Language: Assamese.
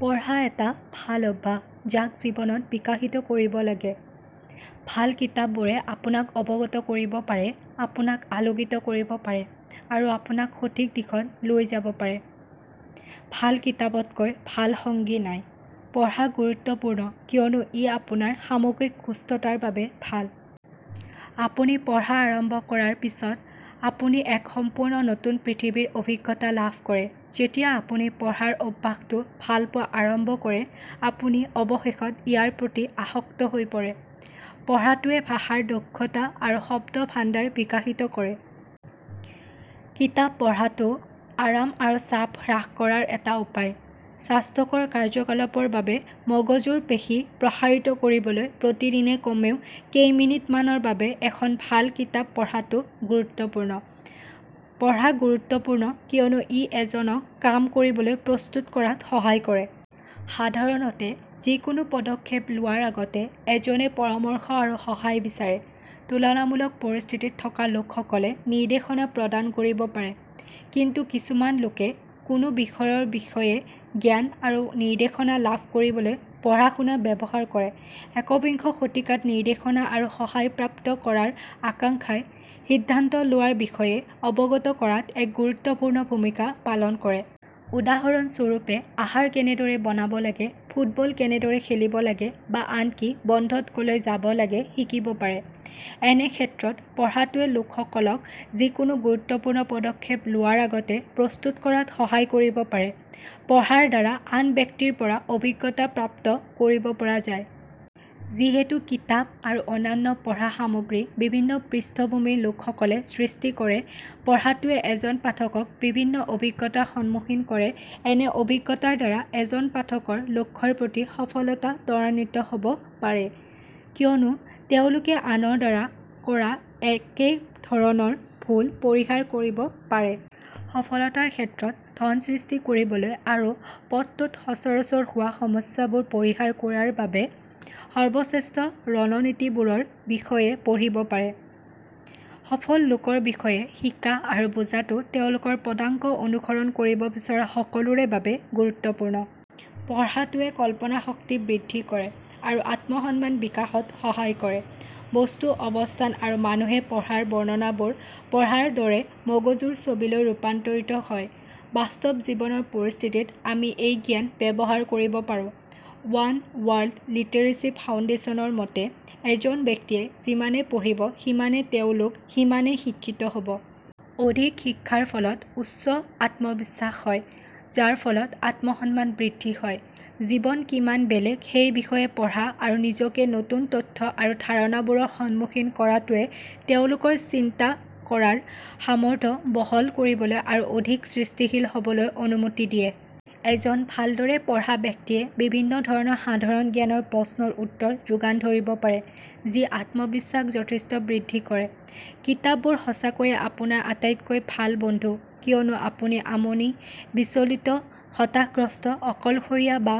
পঢ়া এটা ভাল অভ্যাস যাক জীৱনত বিকশিত কৰিব লাগে। ভাল কিতাপবোৰে আপোনাক অৱগত কৰিব পাৰে, আপোনাক আলোকিত কৰিব পাৰে আৰু আপোনাক সঠিক দিশত লৈ যাব পাৰে। ভাল কিতাপতকৈ ভাল সংগী নাই। পঢ়া গুৰুত্বপূৰ্ণ কিয়নো ই আপোনাৰ সামগ্ৰিক সুস্থতাৰ বাবে ভাল। আপুনি পঢ়া আৰম্ভ কৰাৰ পিছত, আপুনি এক সম্পূৰ্ণ নতুন পৃথিৱীৰ অভিজ্ঞতা লাভ কৰে। যেতিয়া আপুনি পঢ়াৰ অভ্যাসটো ভাল পোৱা আৰম্ভ কৰে আপুনি অৱশেষত ইয়াৰ প্ৰতি আসক্ত হৈ পৰে। পঢ়াটোৱে ভাষাৰ দক্ষতা আৰু শব্দভাণ্ডাৰ বিকশিত কৰে। কিতাপ পঢ়াটোও আৰাম আৰু চাপ হ্ৰাস কৰাৰ এটা উপায়। স্বাস্থ্যকৰ কাৰ্যকলাপৰ বাবে মগজুৰ পেশী প্ৰসাৰিত কৰিবলৈ প্ৰতিদিনে কমেও কেইমিনিটমানৰ বাবে এখন ভাল কিতাপ পঢ়াটো গুৰুত্বপূৰ্ণ। পঢ়া গুৰুত্বপূৰ্ণ কিয়নো ই এজনক কাম কৰিবলৈ প্ৰস্তুত কৰাত সহায় কৰে। সাধাৰণতে, যিকোনো পদক্ষেপ লোৱাৰ আগতে, এজনে পৰামৰ্শ আৰু সহায় বিচাৰে। তুলনামূলক পৰিস্থিতিত থকা লোকসকলে নিৰ্দেশনা প্ৰদান কৰিব পাৰে। কিন্তু কিছুমান লোকে কোনো বিষয়ৰ বিষয়ে জ্ঞান আৰু নিৰ্দেশনা লাভ কৰিবলৈ পঢ়া-শুনা ব্যৱহাৰ কৰে। একবিংশ শতিকাত, নিৰ্দেশনা আৰু সহায় প্ৰাপ্ত কৰাৰ আকাংক্ষাই সিদ্ধান্ত লোৱাৰ বিষয়ে অৱগত কৰাত এক গুৰুত্বপূৰ্ণ ভূমিকা পালন কৰে। উদাহৰণ স্বৰূপে, আহাৰ কেনেদৰে বনাব লাগে, ফুটবল কেনেদৰে খেলিব লাগে, বা আনকি বন্ধত ক'লৈ যাব লাগে শিকিব পাৰে। এনে ক্ষেত্ৰত, পঢ়াটোৱে লোকসকলক যিকোনো গুৰুত্বপূৰ্ণ পদক্ষেপ লোৱাৰ আগতে প্ৰস্তুত কৰাত সহায় কৰিব পাৰে। পঢ়াৰ দ্বাৰা আন ব্যক্তিৰ পৰা অভিজ্ঞতা প্ৰাপ্ত কৰিব পৰা যায়। যিহেতু কিতাপ আৰু অন্যান্য পঢ়া সামগ্ৰী বিভিন্ন পৃষ্ঠভূমিৰ লোকসকলে সৃষ্টি কৰে, পঢ়াটোৱে এজন পাঠকক বিভিন্ন অভিজ্ঞতাৰ সন্মুখীন কৰে। এনে অভিজ্ঞতাৰ দ্বাৰা এজন পাঠকৰ লক্ষ্যৰ প্ৰতি সফলতা ত্বৰান্বিত হ'ব পাৰে কিয়নো তেওঁলোকে আনৰ দ্বাৰা কৰা একে ধৰণৰ ভুল পৰিহাৰ কৰিব পাৰে। সফলতাৰ ক্ষেত্ৰত, ধন সৃষ্টি কৰিবলৈ আৰু পথটোত সচৰাচৰ হোৱা সমস্যাবোৰ পৰিহাৰ কৰাৰ বাবে সৰ্বশ্ৰেষ্ঠ ৰণনীতিবোৰৰ বিষয়ে পঢ়িব পাৰে। সফল লোকৰ বিষয়ে শিকা আৰু বুজা টো তেওঁলোকৰ পদাংক অনুসৰণ কৰিব বিচৰা সকলোৰে বাবে গুৰুত্বপূৰ্ণ। পঢ়াটোৱে কল্পনাশক্তি বৃদ্ধি কৰে আৰু আত্ম-সন্মান বিকাশত সহায় কৰে। বস্তু, অৱস্থান আৰু মানুহে পঢ়া ৰ বৰ্ণনাবোৰ পঢ়াৰ দৰে মগজুৰ ছবিলৈ ৰূপান্তৰিত হয়। বাস্তৱ জীৱনৰ পৰিস্থিতিত, আমি এই জ্ঞান ব্যৱহাৰ কৰিব পাৰোঁ। ৱান ৱৰ্ল্ড লিটাৰেচি ফাউণ্ডেচন ৰ মতে, এজন ব্যক্তিয়ে যিমানে পঢ়িব সিমানে তেওঁলোক সিমানেই শিক্ষিত হ'ব। অধিক শিক্ষাৰ ফলত উচ্চ আত্মবিশ্বাস হয়, যাৰ ফলত আত্মসন্মান বৃদ্ধি হয়। জীৱন কিমান বেলেগ সেই বিষয়ে পঢ়া আৰু নিজকে নতুন তথ্য আৰু ধাৰণাবোৰৰ সন্মুখীন কৰাটোৱে তেওঁলোকৰ চিন্তাকৰাৰ সামৰ্থ্য বহল কৰিবলৈ আৰু অধিক সৃষ্টিশীল হ'বলৈ অনুমতি দিয়ে। এজন ভালদৰে পঢ়া ব্যক্তিয়ে বিভিন্ন ধৰণৰ সাধাৰণ জ্ঞানৰ প্ৰশ্নৰ উত্তৰ যোগান ধৰিব পাৰে, যি আত্মবিশ্বাস যথেষ্ট বৃদ্ধি কৰে। কিতাপবোৰ সঁচাকৈয়ে আপোনাৰ আটাইতকৈ ভাল বন্ধু কিয়নো আপুনি আমনি, বিচলিত, হতাশাগ্ৰস্ত, অকলশৰীয়া বা